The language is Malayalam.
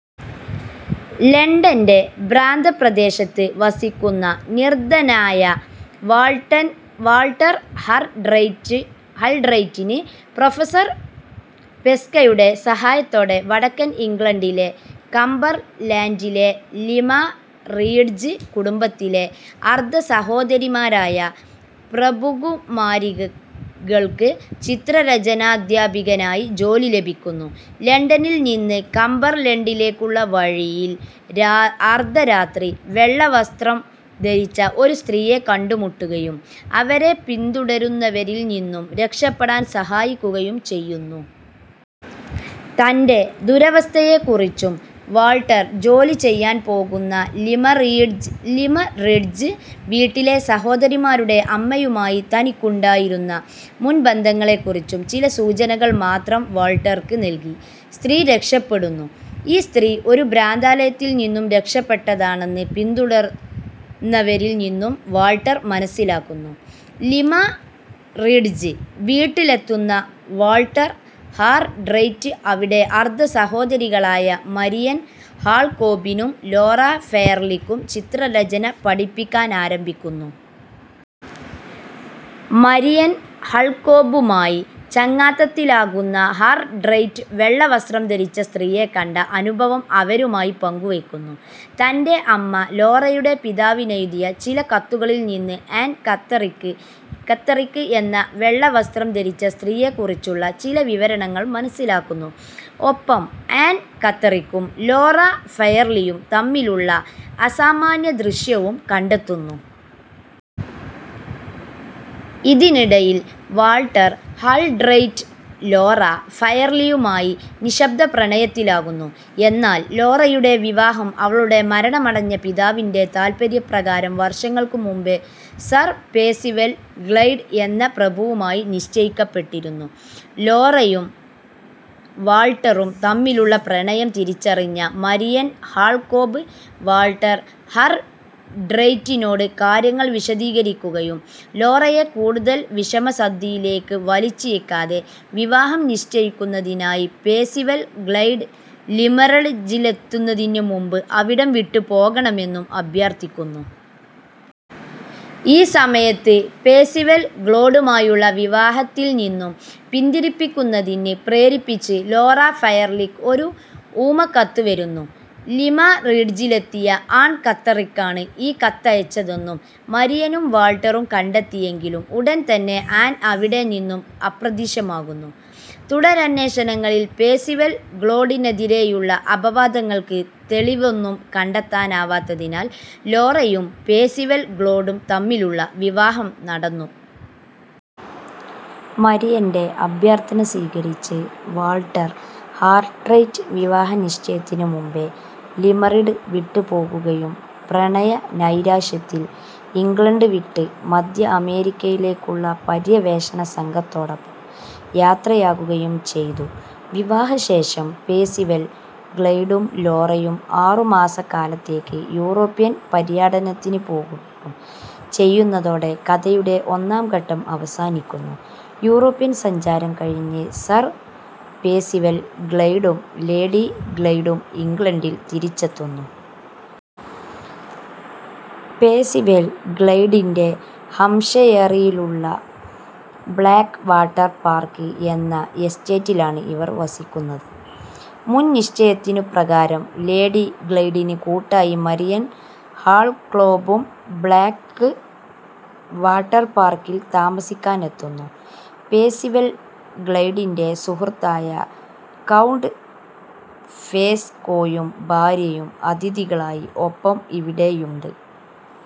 ലണ്ടന്റെ പ്രാന്തപ്രദേശത്ത് വസിക്കുന്ന നിർധനനായ വാൾട്ടർ ഹാർട്രൈറ്റിന്, പ്രൊഫസർ പെസ്കയുടെ സഹായത്തോടെ വടക്കൻ ഇംഗ്ലണ്ടിലെ കംബർലൻഡിലെ ലിമ്മറിഡ്ജ് കുടുംബത്തിലെ അർദ്ധസഹോദരിമാരായ പ്രഭുകുമാരികൾക്ക് ചിത്രരചനാദ്ധ്യാപകനായി ജോലി ലഭിക്കുന്നു. ലണ്ടനിൽ നിന്ന് കംബർലൻഡിലേക്കുള്ള വഴിയിൽ അർദ്ധരാത്രി, വെള്ളവസ്ത്രം ധരിച്ച ഒരു സ്ത്രീയെ കണ്ടുമുട്ടുകയും, അവരെ പിന്തുടരുന്നവരിൽ നിന്നും രക്ഷപ്പെടാൻ സഹായിക്കുകയും ചെയ്യുന്നു. തന്റെ ദുരവസ്ഥയെക്കുറിച്ചും, വാൾട്ടർ ജോലി ചെയ്യാൻ പോകുന്ന ലിമ്മറിഡ്ജ് വീട്ടിലെ സഹോദരിമാരുടെ അമ്മയുമായി തനിക്കുണ്ടായിരുന്ന മുൻബന്ധങ്ങളെക്കുറിച്ചും ചില സൂചനകൾ മാത്രം വാൾട്ടർക്ക് നൽകി സ്ത്രീ രക്ഷപ്പെടുന്നു. ഈ സ്ത്രീ ഒരു ഭ്രാന്താലയത്തിൽ നിന്നും രക്ഷപ്പെട്ടതാണെന്ന് പിന്തുടർന്നവരിൽ നിന്നും വാൾട്ടർ മനസ്സിലാക്കുന്നു. ലിമ്മറിഡ്ജ് വീട്ടിലെത്തുന്ന വാൾട്ടർ ഹാർട്രൈറ്റ് അവിടെ അർദ്ധസഹോദരികളായ മരിയൻ ഹാൾകോമ്പിനും ലോറ ഫെയർലിക്കും ചിത്രരചന പഠിപ്പിക്കാനാരംഭിക്കുന്നു. മരിയൻ ഹാൾകോമ്പുമായി ചങ്ങാത്തത്തിലാകുന്ന ഹാർട്രൈറ്റ്, വെള്ളവസ്ത്രം ധരിച്ച സ്ത്രീയെക്കണ്ട അനുഭവം അവരുമായി പങ്കുവെക്കുന്നു. തന്റെ അമ്മ, ലോറയുടെ പിതാവിനെഴുതിയ ചില കത്തുകളിൽ നിന്ന് ആൻ കാത്തറിക്ക് എന്ന വെള്ളവസ്ത്രം ധരിച്ച സ്ത്രീയെക്കുറിച്ചുള്ള ചില വിവരങ്ങൾ മനസ്സിലാക്കുന്നു. ഒപ്പം ആൻ കാത്തറിക്കും ലോറ ഫെയർലിയും തമ്മിലുള്ള അസാമാന്യസാദൃശ്യവും കണ്ടെത്തുന്നു. ഇതിനിടയിൽ വാൾട്ടർ ഹാർട്രൈറ്റ്, ലോറ ഫെയർലിയുമായി നിശ്ശബ്ദപ്രണയത്തിലാകുന്നു. എന്നാൽ ലോറയുടെ വിവാഹം അവളുടെ മരണമടഞ്ഞ പിതാവിന്റെ താല്പര്യപ്രകാരം വർഷങ്ങൾക്കു മുൻപേ സർ പെഴ്സിവൽ ഗ്ലൈഡ് എന്ന പ്രഭുവുമായി നിശ്ചയിക്കപ്പെട്ടിരുന്നു. ലോറയും വാൾട്ടറും തമ്മിലുള്ള പ്രണയം തിരിച്ചറിഞ്ഞ മരിയൻ ഹാൾകോമ്പ്, വാൾട്ടർ ഹാർട്രൈറ്റിനോട് കാര്യങ്ങൾ വിശദീകരിക്കുകയും ലോറയെ കൂടുതൽ വിഷമസന്ധിയിലേക്ക് വലിച്ചിഴക്കാതെ, വിവാഹം നിശ്ചയിക്കുന്നതിനായി പെഴ്സിവൽ ഗ്ലൈഡ് ലിമ്മറിഡ്ജിലെത്തുന്നതിനുമുൻപ് അവിടം വിട്ടുപോകണമെന്നും അഭ്യർത്ഥിക്കുന്നു. ഈ സമയത്ത് പെഴ്സിവൽ ഗ്ലൈഡുമായുള്ള വിവാഹത്തിൽ നിന്നും പിന്തിരിപ്പിക്കുന്നതിന് പ്രേരിപ്പിച്ച് ലോറ ഫെയർലിക്ക് ഒരു ഊമക്കത്ത് വരുന്നു. ലിമ്മറിഡ്ജിലെത്തിയ ആൻ കാത്തറിക്കാണ് ഈ കത്തയച്ചതെന്ന് മരിയനും വാൾട്ടറും കണ്ടെത്തിയെങ്കിലും, ഉടൻ തന്നെ ആൻ അവിടെ നിന്നും അപ്രത്യക്ഷമാകുന്നു. തുടരന്വേഷണങ്ങളിൽ പെഴ്സിവൽ ഗ്ലൈഡിനെതിരെയുള്ള അപവാദങ്ങൾക്ക് തെളിവൊന്നും കണ്ടെത്താനാവത്തതിനാൽ ലോറയും പെഴ്സിവൽ ഗ്ലൈഡും തമ്മിലുള്ള വിവാഹം നടന്നു. മരിയന്റെ അഭ്യർത്ഥന സ്വീകരിച്ച് വാൾട്ടർ ഹാർട്രൈറ്റ്, വിവാഹനിശ്ചയത്തിനു മുൻപേ ലിമ്മറിഡ് വിട്ടുപോകുകയും പ്രണയനൈരാശ്യത്തിൽ ഇംഗ്ലണ്ട് വിട്ട് മദ്ധ്യ അമേരിക്കയിലേക്കുള്ള പര്യവേഷണ സംഘത്തോടൊപ്പം യാത്രയാകുകയും ചെയ്തു. വിവാഹശേഷം പെഴ്സിവൽ ഗ്ലൈഡും ലോറയും ആറു മാസക്കാലത്തേക്ക് യൂറോപ്യൻ പര്യടനത്തിനു പോകുകയും ചെയ്യുന്നതോടെ കഥയുടെ ഒന്നാം ഘട്ടം അവസാനിക്കുന്നു. യൂറോപ്യൻ സഞ്ചാരം കഴിഞ്ഞ് സർ പെഴ്സിവൽ ഗ്ലൈഡും ലേഡി ഗ്ലൈഡും ഇംഗ്ലണ്ടിൽ തിരിച്ചെത്തുന്നു. പെഴ്സിവൽ ഗ്ലൈഡിന്റെ ഹാംഷയറിലുള്ള ബ്ലാക്ക് വാട്ടർ പാർക്ക് എന്ന എസ്റ്റേറ്റിലാണ് ഇവർ വസിക്കുന്നത്. മുൻ നിശ്ചയിച്ചതു പ്രകാരം ലേഡി ഗ്ലൈഡിന് കൂട്ടായി മരിയൻ ഹാൾകോമ്പും ബ്ലാക്ക് വാട്ടർ പാർക്കിൽ താമസിക്കാനെത്തുന്നു. പെഴ്സിവൽ ഗ്ലൈഡിന്റെ സുഹൃത്തായ കൗണ്ട് ഫോസ്കോയും ഭാര്യയും അതിഥികളായി ഒപ്പം ഇവിടെയുണ്ട്.